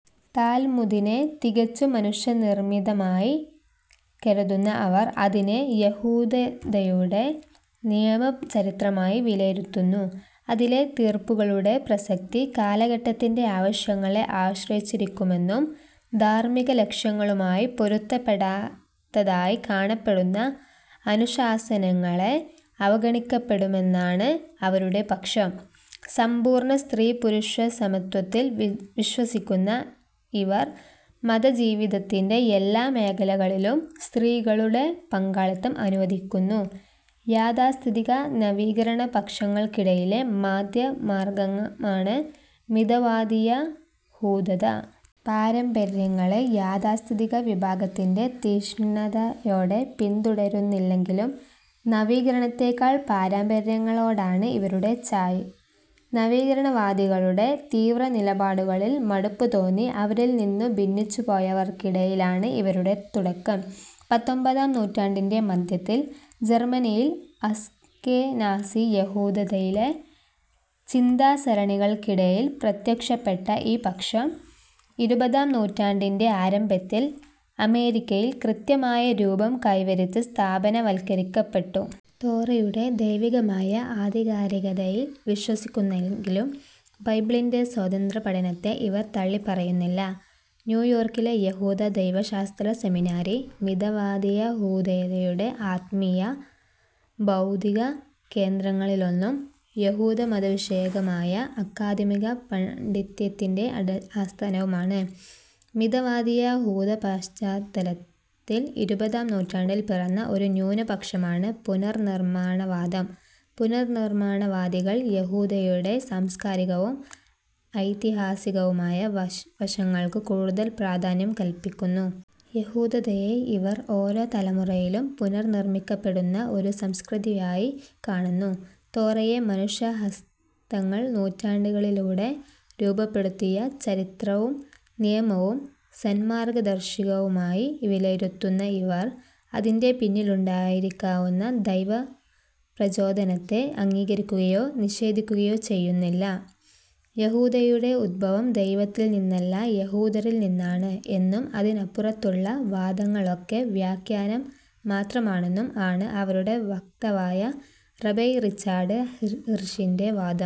താൽമുദിനെ തികച്ചും മനുഷ്യനിർമ്മിതമായി കരുതുന്ന അവർ, അതിനെ യഹൂദതയുടെ നിയമചരിത്രമായി വിലയിരുത്തുന്നു. അതിലെ തീർപ്പുകളുടെ പ്രസക്തി കാലഘട്ടത്തിന്റെ ആവശ്യങ്ങളെ ആശ്രയിച്ചിരിക്കുമെന്നും ധാർമ്മികലക്ഷ്യങ്ങളുമായി പൊരുത്തപ്പെടാത്തതായി കാണപ്പെടുന്ന അനുശാസനങ്ങളെ അവഗണിക്കണമെന്നുമാണ് അവരുടെ പക്ഷം. സമ്പൂർണ്ണ സ്ത്രീപുരുഷസമത്വത്തിൽ വിശ്വസിക്കുന്ന ഇവർ മതജീവിതത്തിന്റെ എല്ലാം മേഖലകളിലും സ്ത്രീകളുടെ പങ്കാളിത്തം അനുവദിക്കുന്നു. യാഥാസ്ഥിതിക, നവീകരണപക്ഷങ്ങൾക്കിടയിലെ മദ്ധ്യമാർഗ്ഗമാണ് മിതവാദിയഹൂദത. പാരമ്പര്യങ്ങളെ യാഥാസ്ഥിതിക വിഭാഗത്തിന്റെ തീക്ഷ്ണതയോടെ പിന്തുടരുന്നില്ലെങ്കിലും, നവീകരണത്തേക്കാൾ പാരമ്പര്യങ്ങളോടാണ് ഇവരുടെ ചായ്വ്. നവീകരണവാദികളുടെ തീവ്രനിലപാടുകളിൽ മടുപ്പുതോന്നി അവരിൽ നിന്നു ഭിന്നിച്ചുപോയവർക്കിടയിലാണ് ഇവരുടെ തുടക്കം. പത്തൊൻപതാം നൂറ്റാണ്ടിന്റെ മദ്ധ്യത്തിൽ ജർമ്മനിയിൽ അസ്കെനാസി യഹൂദതയിലെ ചിന്താസരണികൾക്കിടയിൽ പ്രത്യക്ഷപ്പെട്ട ഈ പക്ഷം, ഇരുപതാം നൂറ്റാണ്ടിന്റെ ആരംഭത്തിൽ അമേരിക്കയിൽ കൃത്യമായ രൂപം കൈവരിച്ച് സ്ഥാപനവൽക്കരിക്കപ്പെട്ടു. തോറയുടെ ദൈവികമായ ആധികാരികതയിൽ വിശ്വസിക്കുന്നെങ്കിലും ബൈബിളിന്റെ സ്വതന്ത്രപഠനത്തെ ഇവർ തള്ളിപ്പറയുന്നില്ല. ന്യൂയോർക്കിലെ യഹൂദ ദൈവശാസ്ത്ര സെമിനാരി, മിതവാദിയഹൂദതയുടെ ആത്മീയ, ബൗദ്ധിക കേന്ദ്രങ്ങളിലൊന്നും യഹൂദമതവിഷയകമായ അക്കാദമിക പാണ്ഡിത്യത്തിന്റെ ആസ്ഥാനവുമാണ്. മിതവാദിയഹൂദപശ്ചാത്തലത്തിൽ ഇരുപതാം നൂറ്റാണ്ടിൽ പിറന്ന ഒരു ന്യൂനപക്ഷമാണ് 'പുനർനിർമ്മാണവാദം'. പുനർനിർമ്മാണവാദികൾ യഹൂദതയുടെ സാംസ്കാരികവും ഐതിഹാസികവുമായ വശങ്ങൾക്കു കൂടുതൽ പ്രാധാന്യം കല്പിക്കുന്നു. യഹൂദതയെ ഇവർ, ഓരോ തലമുറയിലും പുനർനിർമ്മിക്കപ്പെടുന്ന ഒരു സംസ്കൃതിയായി കാണുന്നു. തോറയെ മനുഷ്യഹസ്തങ്ങൾ നൂറ്റാണ്ടുകളിലൂടെ രൂപപ്പെടുത്തിയ ചരിത്രവും നിയമവും സന്മാർഗ്ഗദർശികയുമായി വിലയിരുത്തുന്ന ഇവർ, അതിന്റെ പിന്നിൽ ഉണ്ടായിരിക്കാവുന്ന ദൈവപ്രചോദനത്തെ അംഗീകരിക്കുകയോ നിഷേധിക്കുകയോ ചെയ്യുന്നില്ല. "യഹൂദതയുടെ ഉത്ഭവം ദൈവത്തിൽ നിന്നല്ല യഹൂദരിൽ നിന്നാണ്" എന്നും അതിനപ്പുറത്തുള്ള വാദങ്ങളൊക്കെ വ്യാഖ്യാനം മാത്രമാണെന്നും ആണ് അവരുടെ വക്താവായ റബൈ റിച്ചാർഡ് ഹിർഷിന്റെ വാദം.